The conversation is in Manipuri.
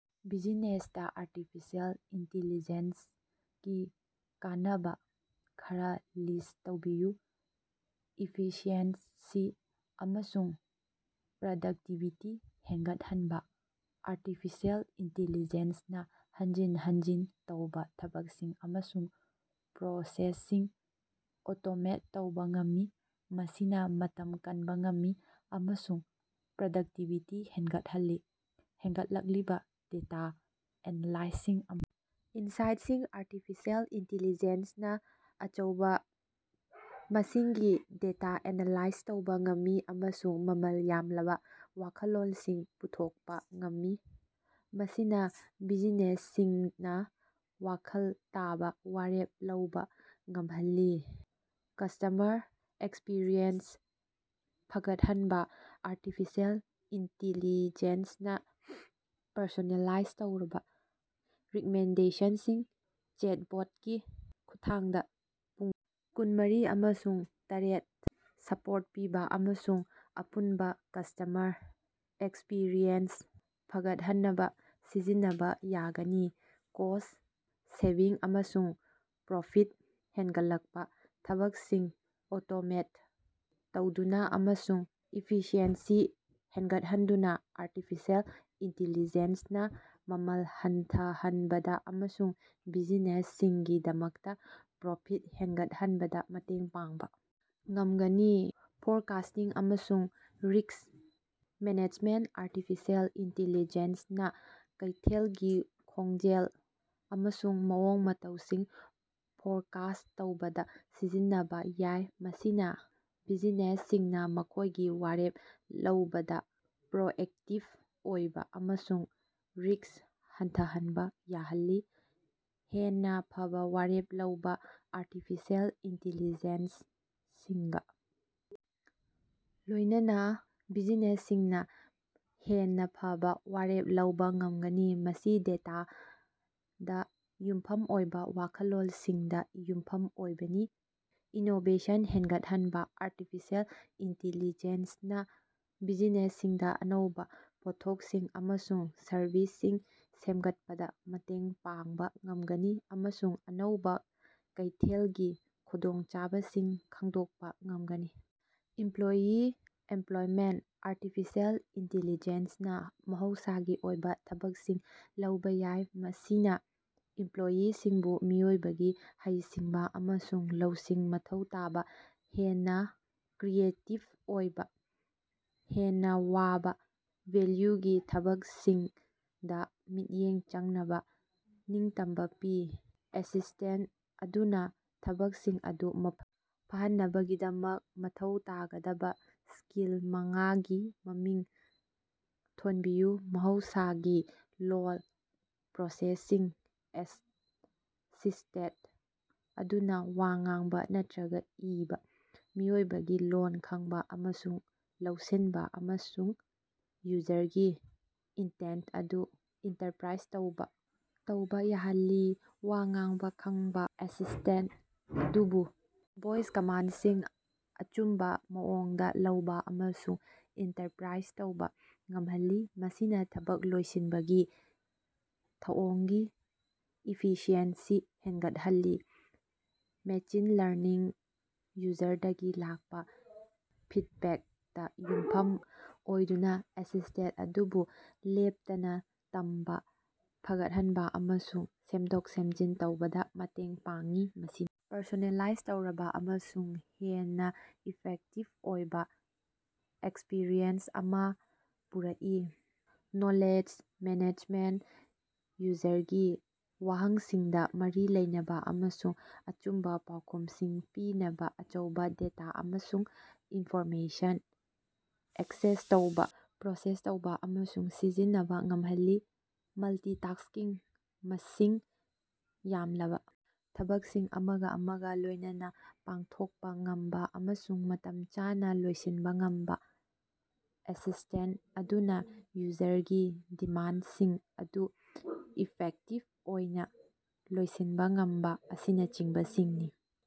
ꯕꯤꯖꯤꯅꯦꯁꯇꯥ ꯑꯔꯇꯤꯐꯤꯁꯦꯜ ꯏꯟꯇꯤꯂꯤꯖꯦꯟꯁꯒꯤ ꯀꯥꯟꯅꯕ ꯈꯔ ꯂꯤꯁ ꯇꯧꯕꯤꯌꯨ꯫ ꯏꯐꯤꯁꯤꯑꯦꯟꯁꯤ ꯑꯃꯁꯨꯡ ꯄ꯭ꯔꯗꯛꯇꯤꯕꯤꯇꯤ ꯍꯦꯟꯒꯠꯍꯟꯕꯥ: ꯑꯔꯇꯤꯐꯤꯁꯦꯜ ꯏꯟꯇꯤꯜꯂꯤꯖꯦꯟꯁꯅꯥ ꯍꯟꯖꯤꯟ ꯍꯟꯖꯤꯟ ꯇꯧꯕꯥ ꯊꯕꯛꯁꯤꯡ ꯑꯃꯁꯨꯡ ꯄ꯭ꯔꯣꯁꯦꯁꯁꯤꯡ ꯑꯣꯇꯣꯃꯦꯠ ꯇꯧꯕ ꯉꯝꯃꯤ, ꯃꯁꯤꯅꯥ ꯃꯇꯝ ꯀꯟꯕ ꯉꯝꯃꯤ ꯑꯃꯁꯨꯡ ꯄ꯭ꯔꯗꯛꯇꯤꯕꯤꯇꯤ ꯍꯦꯟꯒꯠꯍꯜꯂꯤ꯫ ꯍꯦꯟꯒꯠꯂꯛꯂꯤꯕ ꯗꯦꯇꯥ ꯑꯦꯅꯥꯂꯥꯏꯁꯤꯡ ꯑꯃ ꯏꯟꯁꯥꯏꯠꯁꯤꯡ: ꯑꯔꯇꯤꯐꯤꯁꯦꯜ ꯏꯟꯇꯤꯂꯤꯖꯦꯟꯁꯅꯥ ꯑꯆꯧꯕꯥ ꯃꯁꯤꯡꯒꯤ ꯗꯦꯇꯥ ꯑꯦꯅꯂꯥꯏꯖ ꯇꯧꯕꯥ ꯉꯝꯃꯤ ꯑꯃꯁꯨꯡ ꯃꯃꯜ ꯌꯥꯝꯂꯕꯥ ꯋꯥꯈꯜꯂꯣꯟꯁꯤꯡ ꯄꯨꯊꯣꯛꯄꯥ ꯉꯝꯃꯤ, ꯃꯁꯤꯅꯥ ꯕꯤꯖꯤꯅꯦꯁꯁꯤꯡꯅꯥ ꯋꯥꯈꯜ ꯇꯥꯕꯥ ꯋꯥꯔꯦꯞ ꯂꯧꯕꯥ ꯉꯝꯍꯜꯂꯤ꯫ ꯀꯁ꯭ꯇꯃꯔ ꯑꯦꯛꯁꯄꯤꯔꯤꯑꯦꯟꯁ ꯐꯒꯠꯍꯟꯕꯥ: ꯑꯔꯇꯤꯐꯤꯁꯦꯜ ꯏꯟꯇꯤꯜꯂꯤꯖꯦꯟꯁꯅꯥ ꯄꯔꯁꯣꯅꯦꯂꯥꯏꯖ ꯇꯧꯔꯕꯥ ꯔꯤꯛꯃꯦꯟꯗꯦꯁꯟꯁꯤꯡ, ꯆꯦꯠꯕꯣꯠꯀꯤ ꯈꯨꯠꯊꯥꯡꯗꯥ ꯄꯨꯡ ꯀꯨꯟꯃꯔꯤ ꯑꯃꯁꯨꯡ ꯇꯥꯔꯦꯠ ꯁꯄꯣꯔꯠ ꯄꯤꯕꯥ ꯑꯃꯁꯨꯡ ꯑꯄꯨꯟꯕ ꯀꯁꯇꯃꯔ ꯑꯦꯛꯁꯄꯤꯔꯤꯑꯦꯟꯁ ꯐꯒꯠꯍꯟꯅꯕꯥ ꯁꯤꯖꯤꯟꯅꯕ ꯌꯥꯒꯅꯤ꯫ ꯀꯣꯁ ꯁꯦꯚꯤꯡ ꯑꯃꯁꯨꯡ ꯄ꯭ꯔꯣꯐꯤꯠ ꯍꯦꯟꯒꯠꯂꯛꯄꯥ: ꯊꯕꯛꯁꯤꯡ ꯑꯣꯇꯣꯃꯦꯠ ꯇꯧꯗꯨꯅꯥ ꯑꯃꯁꯨꯡ ꯏꯐꯤꯁꯤꯑꯦꯟꯁꯤ ꯍꯦꯟꯒꯠꯍꯟꯗꯨꯅ ꯑꯔꯇꯤꯐꯤꯁꯦꯜ ꯏꯟꯇꯤꯜꯂꯤꯖꯦꯟꯁꯅꯥ ꯃꯃꯜ ꯍꯟꯊꯍꯟꯕꯗꯥ ꯑꯃꯁꯨꯡ ꯕꯤꯖꯤꯅꯦꯁꯁꯤꯡꯒꯤꯗꯃꯛꯇ ꯄ꯭ꯔꯣꯐꯤꯠ ꯍꯦꯟꯒꯠꯍꯟꯕꯗꯥ ꯃꯇꯦꯡ ꯄꯥꯡꯕꯥ ꯉꯝꯒꯅꯤ꯫ ꯐꯣꯔꯀꯥꯁꯇꯤꯡ ꯑꯃꯁꯨꯡ ꯔꯤꯛꯁ ꯃꯦꯅꯦꯖꯃꯦꯟꯇ: ꯑꯔꯇꯤꯐꯤꯁꯦꯜ ꯏꯟꯇꯤꯜꯂꯤꯖꯦꯟꯁꯅꯥ ꯀꯩꯊꯦꯜꯒꯤ ꯈꯣꯡꯖꯦꯜ ꯑꯃꯁꯨꯡ ꯃꯑꯣꯡ ꯃꯇꯧꯁꯤꯡ ꯐꯣꯔꯀꯥꯁ ꯇꯧꯕꯗ ꯁꯤꯖꯤꯟꯅꯕꯥ ꯌꯥꯏ, ꯃꯁꯤꯅꯥ ꯕꯤꯖꯤꯅꯦꯁꯁꯤꯡꯅꯥ ꯃꯈꯣꯏꯒꯤ ꯋꯥꯔꯦꯞ ꯂꯧꯕꯗꯥ ꯄ꯭ꯔꯣꯑꯦꯛꯇꯤꯕ ꯑꯣꯏꯕꯥ ꯑꯃꯁꯨꯡ ꯔꯤꯛꯁ ꯍꯟꯊꯍꯟꯕ ꯌꯥꯍꯜꯂꯤ꯫ ꯍꯦꯟꯅꯥ ꯐꯕꯥ ꯋꯥꯔꯦꯞ ꯂꯧꯕꯥ: ꯑꯔꯇꯤꯐꯤꯁꯦꯜ ꯏꯟꯇꯤꯜꯂꯤꯖꯦꯟꯁꯤꯡꯒ ꯂꯣꯏꯅꯅꯥ ꯕꯤꯖꯤꯅꯦꯁꯁꯤꯡꯅꯥ ꯍꯦꯟꯅꯥ ꯐꯕꯥ ꯋꯥꯔꯦꯞ ꯂꯧꯕꯥ ꯉꯝꯒꯅꯤ, ꯃꯁꯤ ꯗꯦꯇꯥꯗꯥ ꯌꯨꯝꯐꯝ ꯑꯣꯏꯕꯥ ꯋꯥꯈꯜꯂꯣꯟꯁꯤꯡꯗ ꯌꯨꯝꯐꯝ ꯑꯣꯏꯕꯅꯤ꯫ ꯏꯅꯣꯕꯦꯁꯟ ꯍꯦꯟꯒꯠꯍꯟꯕ: ꯑꯔꯇꯤꯐꯤꯁꯦꯜ ꯏꯟꯇꯤꯜꯂꯤꯖꯦꯟꯁꯅꯥ ꯕꯤꯖꯤꯅꯦꯁꯁꯤꯡꯗꯥ ꯑꯅꯧꯕꯥ ꯄꯣꯠꯊꯣꯛꯁꯤꯡ ꯑꯃꯁꯨꯡ ꯁꯔꯕꯤꯁꯁꯤꯡ ꯁꯦꯝꯒꯠꯄꯗꯥ ꯃꯇꯦꯡ ꯄꯥꯡꯕꯥ ꯉꯝꯒꯅꯤ, ꯑꯃꯁꯨꯡ ꯑꯅꯧꯕꯥ ꯀꯩꯊꯦꯜꯒꯤ ꯈꯨꯗꯣꯡꯆꯥꯕꯁꯤꯡ ꯈꯪꯗꯣꯛꯄ ꯉꯝꯒꯅꯤ꯫ ꯏꯝꯄ꯭ꯂꯣꯌꯤ ꯑꯦꯝꯄ꯭ꯂꯣꯏꯃꯦꯟꯇ: ꯑꯔꯇꯤꯐꯤꯁꯦꯜ ꯏꯟꯇꯤꯜꯂꯤꯖꯦꯟꯁꯅꯥ ꯃꯍꯧꯁꯥꯒꯤ ꯑꯣꯏꯕ ꯊꯕꯛꯁꯤꯡ ꯂꯧꯕꯥ ꯌꯥꯏ, ꯃꯁꯤꯅꯥ ꯏꯝꯄ꯭ꯂꯣꯌꯤꯁꯤꯡꯕꯨ ꯃꯤꯑꯣꯏꯕꯒꯤ ꯍꯩꯁꯤꯡꯕꯥ ꯑꯃꯁꯨꯡ ꯂꯧꯁꯤꯡ ꯃꯊꯧ ꯇꯥꯕꯥ ꯍꯦꯟꯅꯥ ꯀ꯭ꯔꯤꯌꯦꯇꯤꯕ ꯑꯣꯏꯕꯥ, ꯍꯦꯟꯅꯥ ꯋꯥꯕꯥ ꯚꯦꯜꯌꯨꯒꯤ ꯊꯕꯛꯁꯤꯡꯗꯥ ꯃꯤꯠꯌꯦꯡ ꯆꯪꯅꯕꯥ ꯅꯤꯡꯇꯝꯕꯥ ꯄꯤ꯫ ꯑꯦꯁꯤꯁꯇꯦꯟꯇ ꯑꯗꯨꯅꯥ ꯊꯕꯛꯁꯤꯡ ꯑꯗꯨ ꯃ ꯐꯥꯍꯟꯅꯕꯒꯤꯗꯃꯛ ꯃꯊꯧ ꯇꯥꯒꯗꯕꯥ ꯁ꯭ꯀꯤꯜ ꯃꯉꯥꯒꯤ ꯃꯃꯤꯡ ꯊꯣꯟꯕꯤꯌꯨ꯫ ꯃꯍꯧꯁꯥꯒꯤ ꯂꯣꯜ ꯄ꯭ꯔꯣꯁꯦꯁꯤꯡ: ꯑꯦꯁꯁꯤꯁꯇꯦꯠ ꯑꯗꯨꯅꯥ ꯋꯥ ꯉꯥꯡꯕ ꯅꯠꯇ꯭ꯔꯥꯒ ꯏꯕꯥ ꯃꯤꯑꯣꯏꯕꯒꯤ ꯂꯣꯜ ꯈꯪꯕ ꯑꯃꯁꯨꯡ ꯂꯧꯁꯤꯟꯕ ꯑꯃꯁꯨꯡ ꯌꯨꯖꯔꯒꯤ ꯏꯟꯇꯦꯟ ꯑꯗꯨ ꯏꯟꯇꯔꯄ꯭ꯔꯥꯏꯖ ꯇꯧꯕꯥ ꯇꯧꯕꯥ ꯌꯥꯍꯜꯂꯤ꯫ ꯋꯥ ꯉꯥꯡꯕꯥ ꯈꯪꯕ: ꯑꯦꯁꯤꯁꯇꯦꯟꯇ ꯑꯗꯨꯕꯨ ꯚꯣꯏꯁ ꯀꯃꯥꯟꯗꯁꯤꯡ ꯑꯆꯨꯝꯕꯥ ꯃꯑꯣꯡꯗꯥ ꯂꯧꯕꯥ ꯑꯃꯁꯨꯡ ꯏꯟꯇꯔꯄ꯭ꯔꯥꯏꯖ ꯇꯧꯕꯥ ꯉꯝꯍꯜꯂꯤ, ꯃꯁꯤꯅꯥ ꯊꯕꯛ ꯂꯣꯏꯁꯤꯟꯕꯒꯤ ꯊꯧꯑꯣꯡꯒꯤ ꯏꯐꯤꯁꯤꯑꯦꯟꯁꯤ ꯍꯦꯟꯒꯠꯍꯜꯂꯤ꯫ ꯃꯦꯆꯤꯟ ꯂꯔꯅꯤꯡ: ꯌꯨꯖꯔꯗꯒꯤ ꯂꯥꯛꯄ ꯐꯤꯠꯕꯦꯛꯇ ꯌꯨꯝꯐꯝ ꯑꯣꯏꯗꯨꯅꯥ ꯑꯦꯁꯤꯁꯇꯦꯠ ꯑꯗꯨꯕꯨ ꯂꯦꯞꯇꯅꯥ ꯇꯝꯕꯥ, ꯐꯒꯠꯍꯟꯕ ꯑꯃꯁꯨꯡ ꯁꯦꯝꯗꯣꯛ-ꯁꯦꯝꯖꯤꯟ ꯇꯧꯕꯗꯥ ꯃꯇꯦꯡ ꯄꯥꯡꯏ, ꯃꯁꯤꯅꯥ ꯄꯔꯁꯣꯅꯦꯂꯥꯏꯖ ꯇꯧꯔꯕꯥ ꯑꯃꯁꯨꯡ ꯍꯦꯟꯅꯥ ꯏꯐꯦꯛꯇꯤꯕ ꯑꯣꯏꯕꯥ ꯑꯦꯛꯁꯄ꯭ꯔꯤꯌꯦꯟꯁ ꯑꯃꯥ ꯄꯨꯔꯛꯏ꯫ ꯅꯣꯂꯦꯖ ꯃꯦꯅꯦꯖꯃꯦꯟꯇ: ꯌꯨꯖꯔꯒꯤ ꯋꯥꯍꯪꯁꯤꯡꯗꯥ ꯃꯔꯤ ꯂꯩꯅꯕꯥ ꯑꯃꯁꯨꯡ ꯑꯆꯨꯝꯕꯥ ꯄꯥꯎꯈꯨꯝꯁꯤꯡ ꯄꯤꯅꯕꯥ ꯑꯆꯧꯕꯥ ꯗꯦꯇꯥ ꯑꯃꯁꯨꯡ ꯏꯟꯐꯣꯔꯃꯦꯁꯟ ꯑꯦꯛꯁꯦꯁ ꯇꯧꯕꯥ, ꯄ꯭ꯔꯣꯁꯦꯁ ꯇꯧꯕꯥ ꯑꯃꯁꯨꯡ ꯁꯤꯖꯤꯟꯅꯕꯥ ꯉꯝꯍꯜꯂꯤ꯫ ꯃꯜꯇꯤꯇꯥꯛꯁ꯭ꯀꯤꯡ: ꯃꯁꯤꯡ ꯌꯥꯝꯂꯕꯥ ꯊꯕꯛꯁꯤꯡ ꯑꯃꯒꯥ ꯑꯃꯒꯥ ꯂꯣꯏꯅꯅ ꯄꯥꯡꯊꯣꯛꯄꯥ ꯉꯝꯕꯥ ꯑꯃꯁꯨꯡ ꯃꯇꯝ ꯆꯥꯅꯥ ꯂꯣꯏꯁꯤꯟꯕ ꯉꯝꯕꯥ, ꯑꯦꯁꯤꯁꯇꯦꯟꯇ ꯑꯗꯨꯅꯥ ꯌꯨꯖꯔꯒꯤ ꯗꯤꯃꯥꯟꯗꯁꯤꯡ ꯑꯗꯨ ꯏꯐꯦꯛꯇꯤꯕ ꯑꯣꯏꯅꯥ ꯂꯣꯏꯁꯤꯟꯕ ꯉꯝꯕꯥ ꯑꯁꯤꯅꯆꯤꯡꯕꯁꯤꯡꯅꯤ꯫